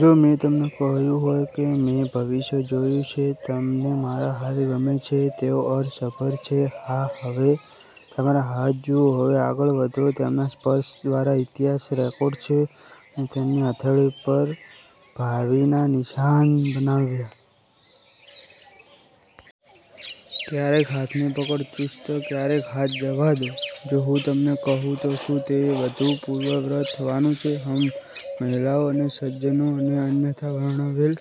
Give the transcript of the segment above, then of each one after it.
જો મેં તમને કહ્યું હોય કે મેં ભવિષ્ય જોયું છે? તમને મારા હાથ ગમે છે? તેઓ અર્થસભર છે, હા? હવે તમારા હાથ જુઓ હવે આગળ વધો. તેમના સ્પર્શ દ્વારા ઇતિહાસ રેકોર્ડ છે અને તેમની હથેળી પર ભાવિના નિશાન બનાવ્યાં. ક્યારેક હાથની પકડ ચુસ્ત, ક્યારેક હાથ જવા દો. જો હું તમને કહું તો શું તે બધું પૂર્વવત્ થવાનું છે? હમ્. મહિલાઓ અને સજ્જનો અને અન્યથા વર્ણવેલ,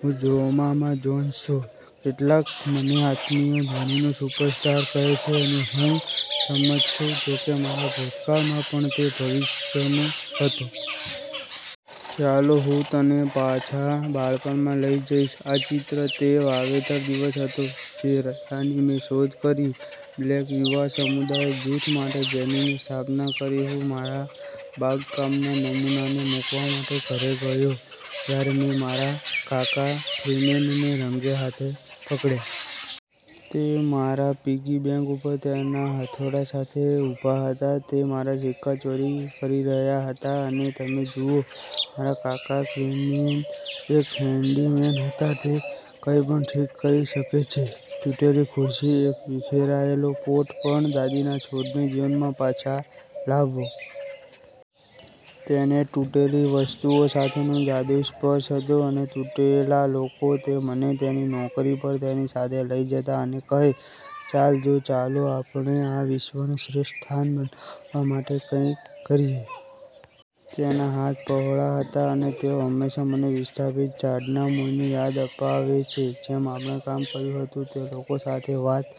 હું જોમામા જોન્સ છું. કેટલાક મને આત્મિય ધ્વનિનો સુપરસ્ટાર કહે છે, અને હું સંમત છું, જોકે મારા ભૂતકાળમાં પણ તે ભવિષ્યનો હતો. ચાલો હું તને પાછા બાળપણમાં લઈ જઈશ. આ ચિત્ર: તે વાવેતર દિવસ હતો, જે રજા ની મેં શોધ કરી બ્લેક યુવા સમુદાય જૂથ માટે જેની મેં સ્થાપના કરી. હું મારા બાગકામના નમૂનાને મૂકવા માટે ઘરે ગયો જ્યારે મેં મારા કાકા ફ્રીમેનને રંગે હાથ પકડ્યા. તે મારા પિગી બેંક ઉપર તેના હથોડા સાથે ઉભા હતા. તે મારા સિક્કા ચોરી કરી રહ્યા હતા. અને તમે જુઓ, મારા કાકા ફ્રીમેન એક હેન્ડીમેન હતા. તે કંઈપણ ઠીક કરી શકે છે તૂટેલી ખુરશી, એક વિખેરાયેલો પોટ પણ દાદીના છોડને જીવનમાં પાછા લાવવો. તેને તૂટેલી વસ્તુઓ સાથેનો જાદુઈ સ્પર્શ હતો... અને તૂટેલા લોકો. તે મને તેની નોકરી પર તેની સાથે લઈ જતા અને કહે, ચાલ જો, ચાલો આપણે આ વિશ્વને શ્રેષ્ઠ સ્થાન બનાવવા માટે કંઈક કરીએ. " તેના હાથ પહોળા હતા, અને તેઓ હંમેશાં મને વિસ્થાપિત ઝાડના મૂળની યાદ અપાવે છે. જેમ આપણે કામ કર્યું હતું તે લોકો સાથે વાત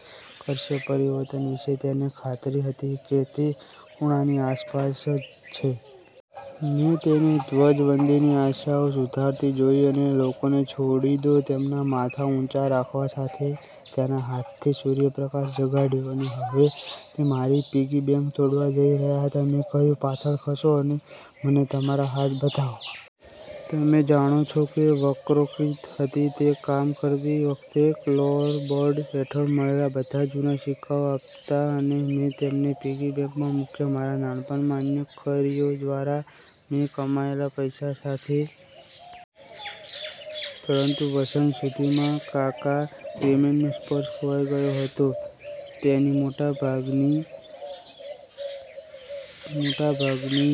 કરશે પરિવર્તન વિશે તેને ખાતરી હતી કે તે ખૂણાની આસપાસ જ છે. મેં તેને ધ્વજવંદીની આશાઓ સુધારતી જોઇ અને લોકોને છોડી દો તેમના માથા ઊંચા રાખવા સાથે. તેના હાથથી સૂર્યપ્રકાશ જગાડ્યો. અને હવે તે મારી પિગી બેંક તોડવા જઇ રહ્યા હતા. મેં કહ્યું, "પાછળ ખસો, અને મને તમારા હાથ બતાવો. " તમે જાણો છો કે વક્રોક્તિ હતી તે કામ કરતી વખતે ફ્લોરબોર્ડ્સ હેઠળ મળેલા બધા જૂના સિક્કાઓ આપતા અને મેં તેમને પિગી બેંકમાં મૂક્યા મારા નાનપણમાં અન્ય કર્યો દ્વારા મેં કમાયેલા પૈસા સાથે. પરંતુ વસંત સુધીમાં કાકા ફ્રીમેનનો સ્પર્શ ખોવાઈ ગયો હતો... તેની મોટાભાગની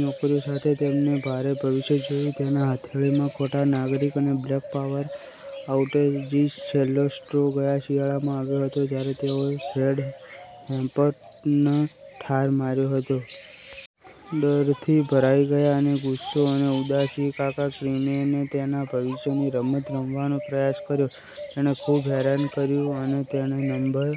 નોકરીઓ સાથે. તેમને ભારે ભવિષ્ય જોયું તેના હથેળીમાં ખોટા નાગરિક અને બ્લેક પાવર આઉટેજિસ. છેલ્લો સ્ટ્રો ગયા શિયાળામાં આવ્યો હતો જ્યારે તેઓએ ફ્રેડ હેમ્પટનને ઠાર માર્યો હતો. ડરથી ભરાઈ ગયાં અને ગુસ્સો અને ઉદાસી, કાકા ફ્રીમેને તેના ભવિષ્યની રમત રમવાનો પ્રયાસ કર્યો. તેણે ખૂબ હેરાન કર્યું, અને તેણે નંબર